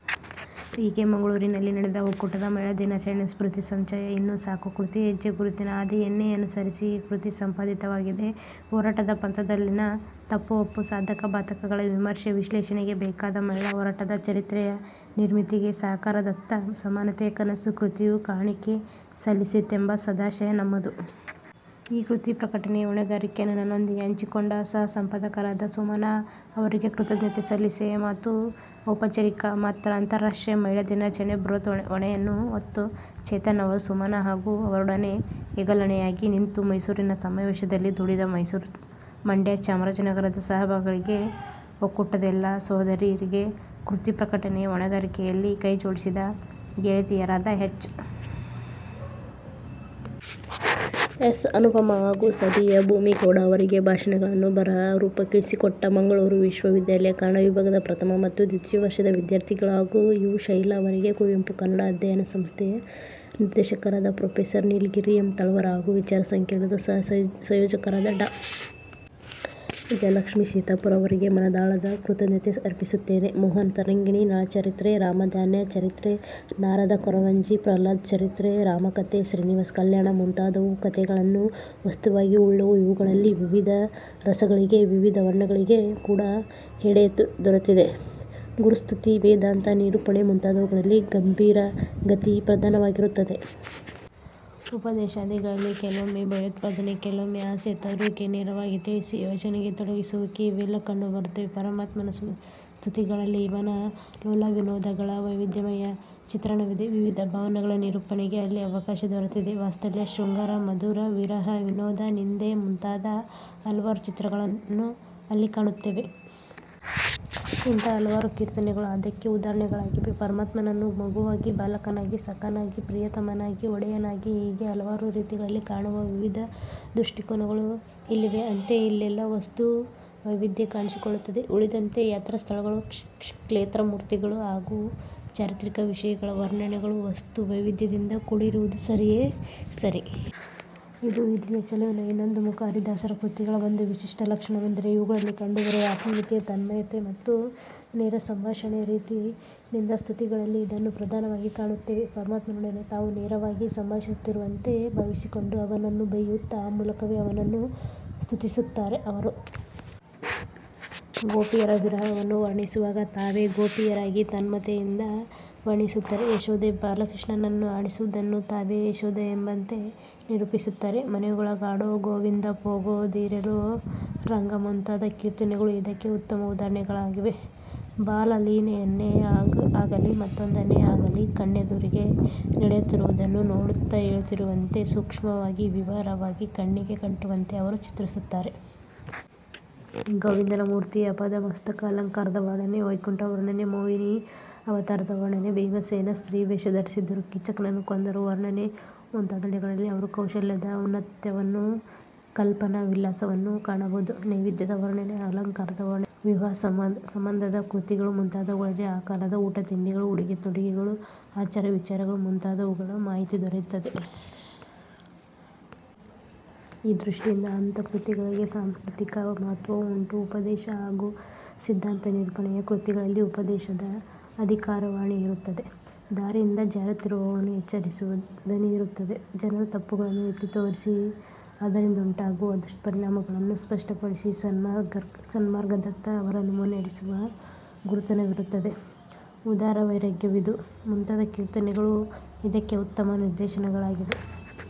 ಹೀಗೆ, ಮಂಗಳೂರಿನಲ್ಲಿ ನಡೆದ ಒಕ್ಕೂಟದ ಮಹಿಳಾ ದಿನಾಚರಣೆಯ ಸ್ಮೃತಿ ಸಂಚಯ 'ಇನ್ನು ಸಾಕು' ಕೃತಿಯ ಹೆಜ್ಜೆ ಗುರುತಿನ ಹಾದಿಯನ್ನೇ ಅನುಸರಿಸಿ ಈ ಕೃತಿ ಸಂಪಾದಿತವಾಗಿದೆ. ಹೋರಾಟದ ಪಥದಲ್ಲಿನ ತಪ್ಪು-ಒಪ್ಪು, ಸಾಧಕ-ಬಾಧಕಗಳ ವಿಮರ್ಶೆ, ವಿಶ್ಲೇಷಣೆಗೆ ಬೇಕಾದ ಮಹಿಳಾ ಹೋರಾಟದ ಚರಿತ್ರೆಯ ನಿರ್ಮಿತಿಗೆ 'ಸಾಕಾರದತ್ತ ಸಮಾನತೆಯ ಕನಸು' ಕೃತಿಯು ಕಾಣಿಕೆ ಸಲ್ಲಿಸೀತೆಂಬ ಸದಾಶಯ ನಮ್ಮದು. ಈ ಕೃತಿ ಪ್ರಕಟನೆಯ ಹೊಣೆಗಾರಿಕೆಯನ್ನು ನನ್ನೊಂದಿಗೆ ಹಂಚಿಕೊಂಡ ಸಹಸಂಪಾದಕರಾದ ಸುಮನಾ ಅವರಿಗೆ ಕೃತಜ್ಞತೆ ಸಲ್ಲಿಕೆಯ ಮಾತು ಔಪಚಾರಿಕ ಮಾತ್ರ. ಅಂತಾರಾಷ್ಟ್ರೀಯ ಮಹಿಳಾ ದಿನಾಚರಣೆಯ ಬೃಹತ್ ಹೊಣೆಯನ್ನು ಹೊತ್ತ ಚೇತನ ಅವರು. ಸುಮನಾ ಹಾಗೂ ಅವರೊಡನೆ ಹೆಗಲೆಣೆಯಾಗಿ ನಿಂತು ಮೈಸೂರಿನ ಸಮಾವೇಶದಲ್ಲಿ ದುಡಿದ ಮೈಸೂರು-ಮಂಡ್ಯ-ಚಾಮರಾಜನಗರದ ಸಹಭಾಗಿಗಳಿಗೆ; ಒಕ್ಕೂಟದ ಎಲ್ಲಾ ಸೋದರಿ ್ಯರಿಗೆ; ಕೃತಿ ಪ್ರಕಟನೆಯ ಹೊಣೆಗಾರಿಕೆಯಲ್ಲಿ ಕೈಜೋಡಿಸಿದ ಗೆಳತಿಯರಾದ ಎಚ್. ಎಸ್. ಅನುಪಮಾ ಹಾಗೂ ಸಬಿಹಾ ಭೂಮಿಗೌಡ ಅವರಿಗೆ; ಭಾಷಣಗಳನ್ನು ಬರಹ ರೂಪಕ್ಕಿಳಿಸಿಕೊಟ್ಟ ಮಂಗಳೂರು ವಿಶ್ವ ವಿದ್ಯಾಲಯ, ಕನ್ನಡ ವಿಭಾಗದ ಪ್ರಥಮ ಮತ್ತು ದ್ವಿತೀಯ ವರ್ಷದ ವಿದ್ಯಾರ್ಥಿಗಳು ಹಾಗೂ ಯು. ಶೈಲಾ ಅವರಿಗೆ ಕುವೆಂಪು ಕನ್ನಡ ಅಧ್ಯಯನ ಸಂಸ್ಥೆಯ ನಿರ್ದೇಶಕರಾದ ಪ್ರೊಫೆಸರ್ ನೀಲಗಿರಿ ಎಂ. ತಳವಾರ್ ಹಾಗೂ ವಿಚಾರ ಸಂಕಿರಣದ ಸಹ ಸಂಯೋಜಕರಾದ ಡಾ. ಜಯಲಕ್ಷ್ಮೀ ಸೀತಾಪುರ ಅವರಿಗೆ ಮನದಾಳದ ಕೃತಜ್ಞತೆ ಅರ್ಪಿಸುತ್ತೇನೆ. ಮೋಹನ ತರಂಗಿಣಿ, ನಳಚರಿತ್ರೆ, ರಾಮಧಾನ್ಯ ಚರಿತ್ರೆ, ನಾರದ ಕೊರವಂಜಿ, ಪ್ರಹ್ಲಾದಚರಿತ್ರೆ, ರಾಮಕಥೆ, ಶ್ರೀನಿವಾಸ ಕಲ್ಯಾಣ ಮುಂತಾದುವು ಕಥೆಗಳನ್ನು ವಸ್ತುವಾಗಿ ಉಳ್ಳುವು. ಇವುಗಳಲ್ಲಿ ವಿವಿಧ ರಸಗಳಿಗೆ ವಿವಿಧ ವರ್ಣನೆಗಳಿಗೆ ಕೂಡ ಎಡೆ ದೊರೆತಿದೆ. ಗುರುಸ್ತುತಿ, ವೇದಾಂತ ನಿರೂಪಣೆ ಮುಂತಾದುವುಗಳಲ್ಲಿ ಗಂಭೀರ ಗತಿ ಪ್ರಧಾನವಾಗಿರುತ್ತದೆ. ಉಪದೇಶಾದಿಗಳಲ್ಲಿ ಕೆಲವೊಮ್ಮೆ ಭಯೋತ್ಪಾದನೆ, ಕೆಲವೊಮ್ಮೆ ಆಸೆ ತೋರಿಸುವಿಕೆ ನೇರವಾಗಿ ತಿಳಿಸಿ ಯೋಚನೆಗೆ ತೊಡಗಿಸುವುಕೆ ಇವೆಲ್ಲ ಕಂಡುಬರುತ್ತವೆ. ಪರಮಾತ್ಮನ ಸ್ತುತಿಗಳಲ್ಲಿ ಅವನ ಲೋಲಾವಿನೋದಗಳ ವೈವಿಧ್ಯಮಯ ಚಿತ್ರಣವಿದೆ. ವಿವಿಧ ಭಾವಗಳ ನಿರೂಪಣೆಗೆ ಅಲ್ಲಿ ಅವಕಾಶ ದೊರೆತಿದೆ. ವಾತ್ಸಲ್ಯ, ಶೃಂಗಾರ, ಮಧುರ, ವಿರಹ, ವಿನೋದ, ನಿಂದೆ ಮುಂತಾದ ಹಲವಾರು ಚಿತ್ರಗಳನ್ನು ಅಲ್ಲಿ ಕಾಣುತ್ತೇವೆ. ಇಂತಹ ಹಲವಾರು ಕೀರ್ತನೆಗಳು ಅದಕ್ಕೆ ಉದಾಹರಣೆಗಳಾಗಿವೆ. ಪರಮಾತ್ಮನನ್ನು ಮಗುವಾಗಿ, ಬಾಲಕನಾಗಿ, ಸಖನಾಗಿ, ಪ್ರಿಯತಮನಾಗಿ, ಒಡೆಯನಾಗಿ ಹೀಗೆ ಹಲವಾರು ರೀತಿಗಳಲ್ಲಿ ಕಾಣುವ ವಿವಿಧ ದೃಷ್ಟಿಕೋನಗಳು ಇಲ್ಲಿವೆ. ಅಂತೆಯೇ ಇಲ್ಲೆಲ್ಲ ವಸ್ತು ವೈವಿಧ್ಯ ಕಾಣಿಸಿಕೊಳ್ಳುತ್ತದೆ. ಉಳಿದಂತೆ ಯಾತ್ರಸ್ಥಳಗಳ, ಕ್ಲೇತ್ರಮೂರ್ತಿಗಳ ಹಾಗೂ ಚಾರಿತ್ರಿಕ ವಿಷಯಗಳ ವರ್ಣನೆಗಳು ವಸ್ತು ವೈವಿಧ್ಯದಿಂದ ಕೂಡಿರುವುದು ಸರಿಯೇ ಸರಿ. ಇದು ಇಲ್ಲಿಯ ಚೆಲುವಿನ ಇನ್ನೊಂದು ಮುಖ. ಹರಿದಾಸರ ಕೃತಿಗಳ ಒಂದು ವಿಶಿಷ್ಟ ಲಕ್ಷಣವೆಂದರೆ ಅವುಗಳಲ್ಲಿ ಕಂಡುಬರುವ ಆತ್ಮೀಯತೆ, ತನ್ಮಯತೆ ಮತ್ತು ನೇರಸಂಭಾಷಣೆಯ ರೀತಿ. ನಿಂದಾಸ್ತುತಿಗಳಲ್ಲಿ ಇದನ್ನು ಪ್ರಧಾನವಾಗಿ ಕಾಣುತ್ತೇವೆ. ಪರಮಾತ್ಮನೊಡನೆ ತಾವು ನೇರವಾಗಿ ಸಂಭಾಷಿಸುತ್ತಿರುವಂತೆ ಭಾವಿಸಿಕೊಂಡು ಅವನನ್ನು ಬೈಯುತ್ತ ಆ ಮೂಲಕವೇ ಅವನನ್ನು ಸ್ತುತಿಸುತ್ತಾರೆ ಅವರು. ಗೋಪಿಯರ ವಿರಹವನ್ನು ವರ್ಣಿಸುವಾಗ ತಾವೇ ಗೋಪಿಯರಾಗಿ ತನ್ಮಯತೆಯಿಂದ ವರ್ಣಿಸುತ್ತಾರೆ. ಯಶೋದೆ ಬಾಲಕೃಷ್ಣನನ್ನು ಆಡಿಸುವುದನ್ನು ತಾವೇ ಯಶೋದೆಯೆಂಬಂತೆ ನಿರೂಪಿಸುತ್ತಾರೆ. "ಮನೆಯೊಳಗಾಡೊ ಗೋವಿಂದ" ಪೋಗ ದಿರೆಲೊ ರಂಗ" ಮುಂತಾದ ಕೀರ್ತನೆಗಳು ಇದಕ್ಕೆ ಉತ್ತಮ ಉದಾಹರಣೆಗಳಾಗಿವೆ. ಬಾಲಲೀಲೆಯನ್ನೇ ಆಗಲಿ ಮತ್ತೊಂದನ್ನೇ ಆಗಲಿ, ಕಣ್ಣೆದುರಿಗೆ ನಡೆಯುತ್ತಿರುವುದನ್ನು ನೋಡುತ್ತಾ ಹೇಳುತ್ತಿರುವವಂತೆ ಸೂಕ್ಷ್ಮವಾಗಿ ವಿವರವಾಗಿ ಕಣ್ಣಿಗೆ ಕಟ್ಟುವಂತೆ ಅವರು ಚಿತ್ರಿಸುತ್ತಾರೆ. ಗೋವಿಂದನ ಮೂರ್ತಿಯ ಆಪಾದಮಸ್ತಕ ಅಲಂಕಾರದ ವರ್ಣನೆ, ವೈಕುಂಠ ವರ್ಣನೆ, ಮೋಹಿನೀ ಅವತಾರದ ವರ್ಣನೆ, ಭೀಮಸೇನ ಸ್ತ್ರೀವೇಷ ಧರಿಸಿದ್ದರು, ಕೀಚಕನನ್ನು ಕೊಂದದ್ದರ ವರ್ಣನೆ ಮುಂತಾದೆಡೆಗಳಲ್ಲಿ ಅವರ ಕೌಶಲದ ಔನ್ನತ್ಯವನ್ನೂ ಕಲ್ಪನ್ನವಿಲಾಸವನ್ನೂ ಕಾಣಬಹುದು. ನೈವೇದ್ಯದ ವರ್ಣನೆ, ಅಲಂಕಾರದ ವರ್ಣನೆ, ವಿವಾಹಸಂಬಂಧದ ಕೃತಿಗಳು ಮುಂತಾದವುಗಳಲ್ಲಿ ಆ ಕಾಲದ ಊಟತಿಂಡಿಗಳು, ಉಡುಗೆತೊಡುಗೆಗಳು, ಆಚಾರವಿಚಾರಗಳು ಮುಂತಾದವುಗಳ ಮಾಹಿತಿ ದೊರೆಯುತ್ತದೆ. ಈ ದೃಷ್ಟಿಯಿಂದ ಅಂತಹ ಕೃತಿಗಳಿಗೆ ಸಾಂಸ್ಕೃತಿಕ ಮಹತ್ವವೂ ಉಂಟು. ಉಪದೇಶ ಹಾಗೂ ಸಿದ್ಧಾಂತ ನಿರೂಪಣೆಯ ಕೃತಿಗಳಲ್ಲಿ ಉಪದೇಶದ ಅಧಿಕಾರವಾಣಿಯಿರುತ್ತದೆ. ದಾರಿಯಿಂದ ಜಾರುತ್ತಿರುವವರನ್ನು ಎಚ್ಚರಿಸುವ ದನಿಯಿರುತ್ತದೆ. ಜನರ ತಪ್ಪುಗಳನ್ನು ಎತ್ತಿತೋರಿಸಿ, ಅದರಿಂದುಂಟಾಗುವ ದುಷ್ಪರಿಣಾಮಗಳನ್ನು ಸ್ಪಷ್ಟಪಡಿಸಿ, ಸನ್ಮಾರ್ಗದತ್ತ ಅವರನ್ನು ಮುನ್ನೆಡೆಸುವ ಗುರುತನವಿರುತ್ತದೆ. ಉದರವೈರಾಗ್ಯವಿದು ಮುಂತಾದ ಕೀರ್ತನೆಗಳು ಇದಕ್ಕೆ ಉತ್ತಮ ನಿದರ್ಶನಗಳಾಗಿವೆ.